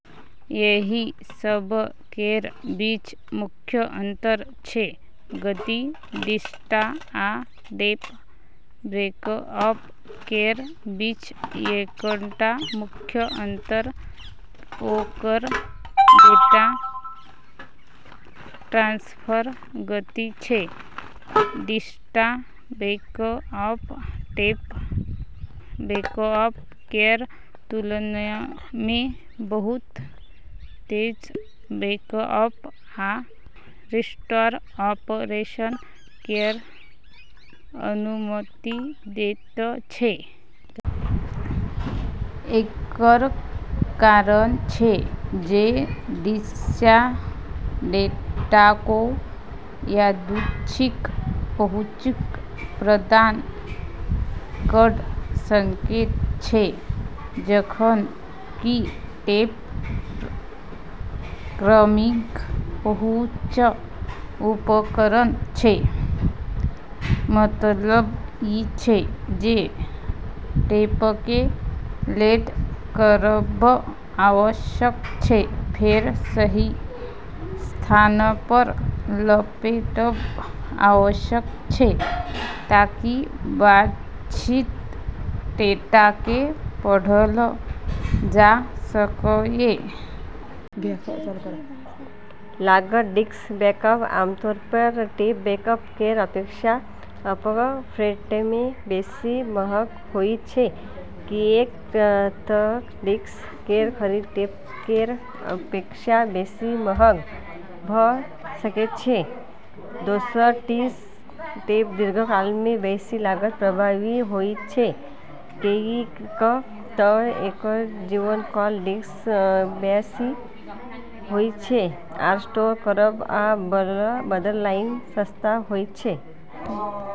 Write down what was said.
एहि सभ केर बीच मुख्य अंतर छै: गति: डिस्क आ टेप बैकअप केर बीच एकटा मुख्य अंतर ओकर डेटा ट्रांसफर गति छै। डिस्क बैकअप टेप बैकअप केर तुलनामे बहुत तेज बैकअप आ रिस्टोर ऑपरेशन केर अनुमति दैत छै। एकर कारण छै जे डिस्क डेटाकेँ यादृच्छिक पहुँच प्रदान कऽ सकैत छै, जखन कि टेप क्रमिक पहुँच उपकरण छै, मतलब ई छै जे टेपकेँ लोड करब आवश्यक छै, फेर सही स्थानपर लपेटब आवश्यक छै ताकि वांछित डेटाकेँ पढ़ल जा सकए। लागत: डिस्क बैकअप आमतौरपर टेप बैकअप केर अपेक्षा अपफ्रंटमे बेसी महग होइत छै, किऐक तऽ डिस्क केर खरीद टेप केर अपेक्षा बेसी महग भऽ सकैत छै। दोसर दिस टेप दीर्घकालमे बेसी लागत प्रभावी होइत छै, किऐक तऽ एकर जीवन काल डिस्क सँ बेसी होइत छै आ स्टोर करब आ बदलनाइ सस्ता होइत छै।